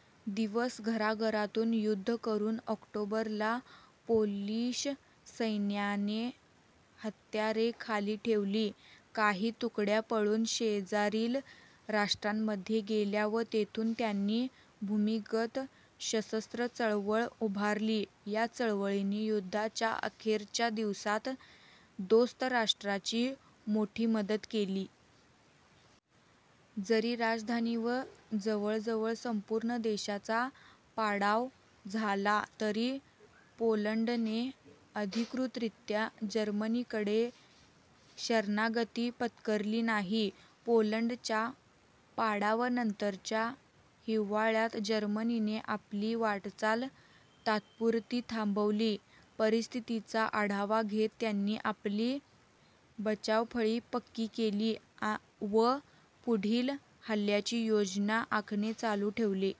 - दिवस घराघरातून युद्ध करून ऑक्टोबर ला पोलिश सैन्याने हत्यारे खाली ठेवली. काही तुकड्या पळून शेजारील राष्ट्रांमध्ये गेल्या व तेथून त्यांनी भूमिगत सशस्त्र चळवळ उभारली. या चळवळीने युद्धाच्या अखेरच्या दिवसांत दोस्त राष्ट्रांची मोठी मदत केली. जरी राजधानी व जवळजवळ संपूर्ण देशाचा पाडाव झाला तरी पोलंडने अधिकृतरीत्या जर्मनीकडे शरणागती पत्करली नाही. पोलंडच्या पाडावानंतर च्या हिवाळ्यात जर्मनीने आपली वाटचाल तात्पुरती थांबवली. परिस्थितीचा आढावा घेत त्यांनी आपली बचावफळी पक्की केली व पुढील हल्ल्यांची योजना आखणे चालू ठेवले.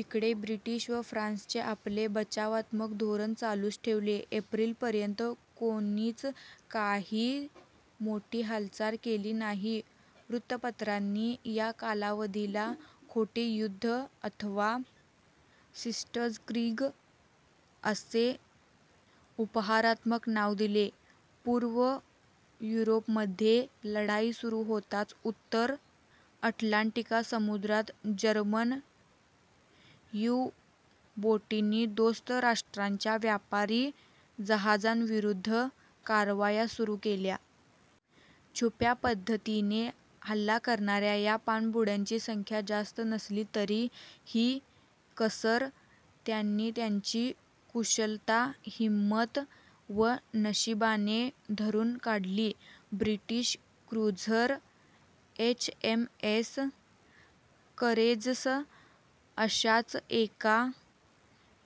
इकडे ब्रिटन व फ्रान्सने आपले बचावात्मक धोरण चालूच ठेवले. एप्रिल पर्यंत कोणीच काही मोठी हालचाल केली नाही. वृत्तपत्रांनी या कालावधीला खोटे युद्ध अथवा सिट्झक्रीग असे उपहासात्मक नाव दिले. पूर्व युरोपमध्ये लढाई सुरू होताच उत्तर अटलांटिक समु्द्रात जर्मन यु-बोटींनी दोस्त राष्ट्रांच्या व्यापारी जहाजांविरुद्ध कारवाया सुरू केल्या. छुप्या पद्धतीने हल्ला करणाऱ्या या पाणबुड्यांची संख्या जास्त नसली तरी ही कसर त्यांनी त्यांची कुशलता, हिंमत व नशीबाने भरून काढली. British cruiser H. M. S. Courageous अशाच एका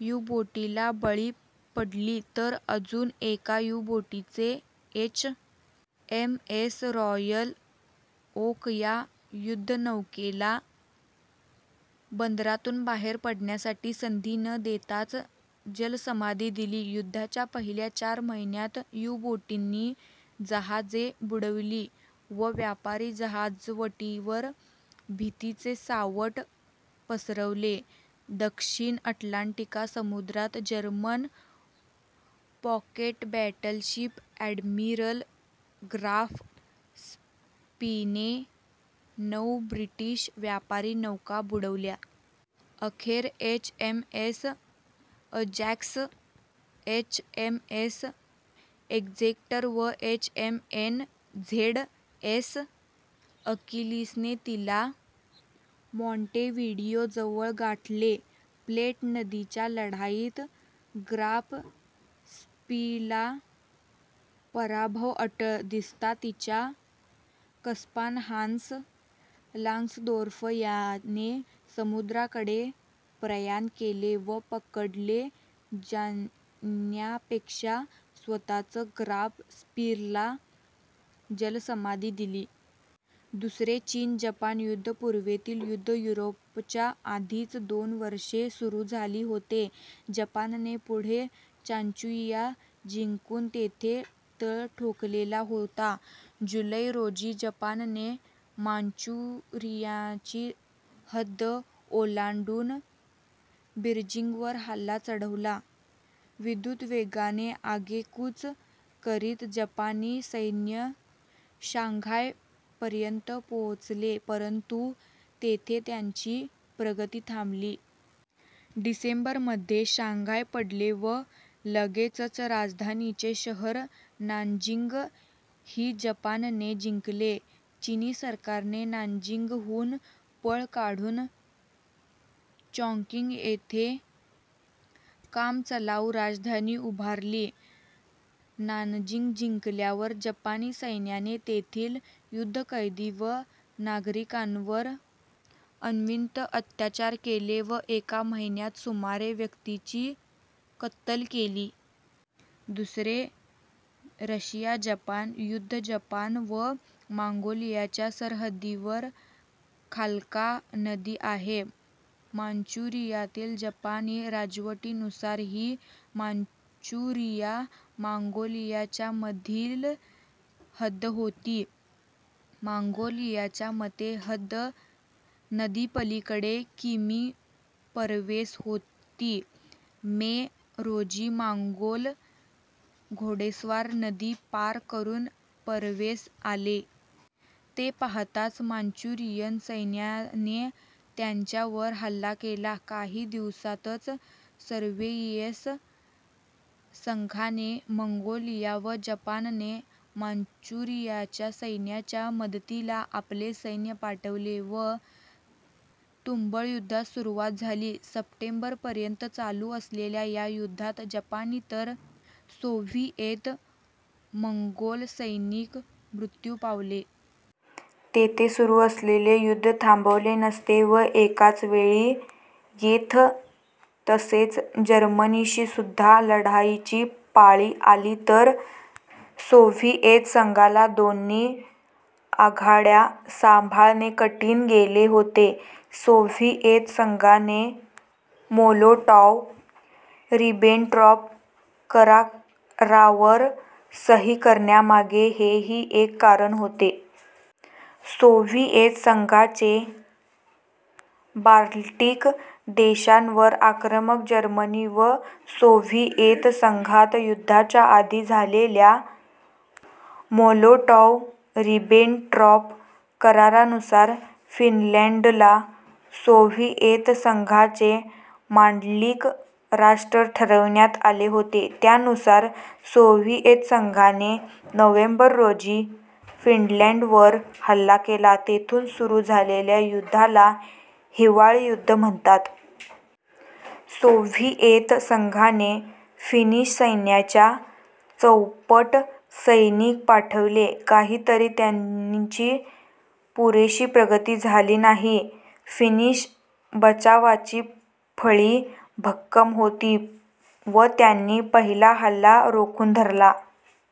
यु-बोटीला बळी पडली तर अजून एका यु-बोटीने H. M. S. Royal Oak या युद्धनौकेला बंदरातून बाहेर पडण्याची संधी न देताच जलसमाधी दिली. युद्धाच्या पहिल्या चार महिन्यात यु-बोटींनी जहाजे बुडवली व व्यापारी जहाजवटीवर भीतीचे सावट पसरवले. दक्षिण अटलांटिक समुद्रात German pocket battleship admiral Graf स्पीने नऊ ब्रिटिश व्यापारी नौका बुडवल्या. अखेर H. M. S. Ajax, H. M. S. Exeter व H. M. N. Z. S. Achilles ने तिला मॉॅंटेव्हिडियोजवळ गाठले. प्लेट नदीच्या लढाईत ग्राफ स्पीला पराभव अटळ दिसता तिच्या कप्तान हान्स लांग्सदोर्फ याने समुद्राकडे प्रयाण केले व पकडले जाण्यापेक्षा स्वतःच ग्राफ स्पीला जलसमाधी दिली. दुसरे चीन-जपान युद्ध पूर्वेतील युद्ध युरोपच्या आधीच दोन वर्षे सुरू झाले होते. जपानने मध्ये मांचुरिया जिंकून तेथे तळ ठोकलेला होता. जुलै, रोजी जपानने मांचुरियाची हद्द ओलांडून बिजींगवर हल्ला चढवला. विद्युतवेगाने आगेकूच करीत जपानी सैन्य शांघायपर्यंत पोचले परंतु तेथे त्यांची प्रगती थांबली. डिसेंबर मध्ये शांघाय पडले व लगेचच राजधानीचे शहर नानजिंग ही जपानने जिंकले. चीनी सरकारने नानजिंगहून पळ काढून चॉॅंगकिंग येथे कामचलाऊ राजधानी उभारली. नानजिंग जिंकल्यावर जपानी सैन्याने तेथील युद्धकैदी व नागरिकांवर अनन्वित अत्याचार केले व एका महिन्यात सुमारे व्यक्तींची कत्तल केली. दुसरे रशिया-जपान युद्ध जपान व मंगोलियाच्या सरहद्दीवर खाल्का नदी आहे. मांचुरियातील जपानी राजवटीनुसार ही मांचुरिया-मंगोलियाच्यामधील हद्द होती. मंगोलियाच्या मते हद्द नदीपलीकडे किमी पूर्वेस होती. मे, रोजी मोंगोल घोडेस्वार नदी पार करून पूर्वेस आले. ते पाहताच मांचुरियन सैन्याने त्यांच्यावर हल्ला केला. काही दिवसातच सोव्हिएत संघाने मंगोलिया व जपानने मांचुरियाच्या सैन्याच्या मदतीला आपले सैन्य पाठवले व तुंबळ युद्धास सुरुवात झाली. सप्टेंबरपर्यंत चालू असलेल्या या युद्धात जपानी तर सोव्हिएत-मंगोल सैनिक मृत्यू पावले. येथे सुरू असलेले युद्ध थांबले नसते व एकाच वेळी येथ तसेच जर्मनीशीसुद्धा लढायची पाळी आली तर सोव्हिएत संघाला दोन्ही आघाड्या संभाळणे कठीण गेले होते. सोव्हिएत संघाने मोलोटॉव्ह-रिबेनट्रॉप करारावर सही करण्यामागे हेही एक कारण होते. सोव्हिएत संघाचे बाल्टिक देशांवर आक्रमण जर्मनी व सोव्हिएत संघात युद्धाच्या आधी झालेल्या मोलोटॉव्ह-रिबेनट्रॉप करारानुसार फिनलंडला सोव्हिएत संघाचे मांडलिक राष्ट्र ठरवण्यात आले होते. त्यानुसार सोव्हिएत संघाने नोव्हेंबर, रोजी फिनलंडवर हल्ला केला. येथून सुरू झालेल्या युद्धाला हिवाळी युद्ध म्हणतात. सोव्हिएत संघाने फिनिश सैन्याच्या चौपट सैनिक पाठवले तरीही त्यांची पुरेशी प्रगती झाली नाही. फिनिश बचावाची फळी भक्कम होती व त्यांनी पहिला हल्ला रोखून धरला.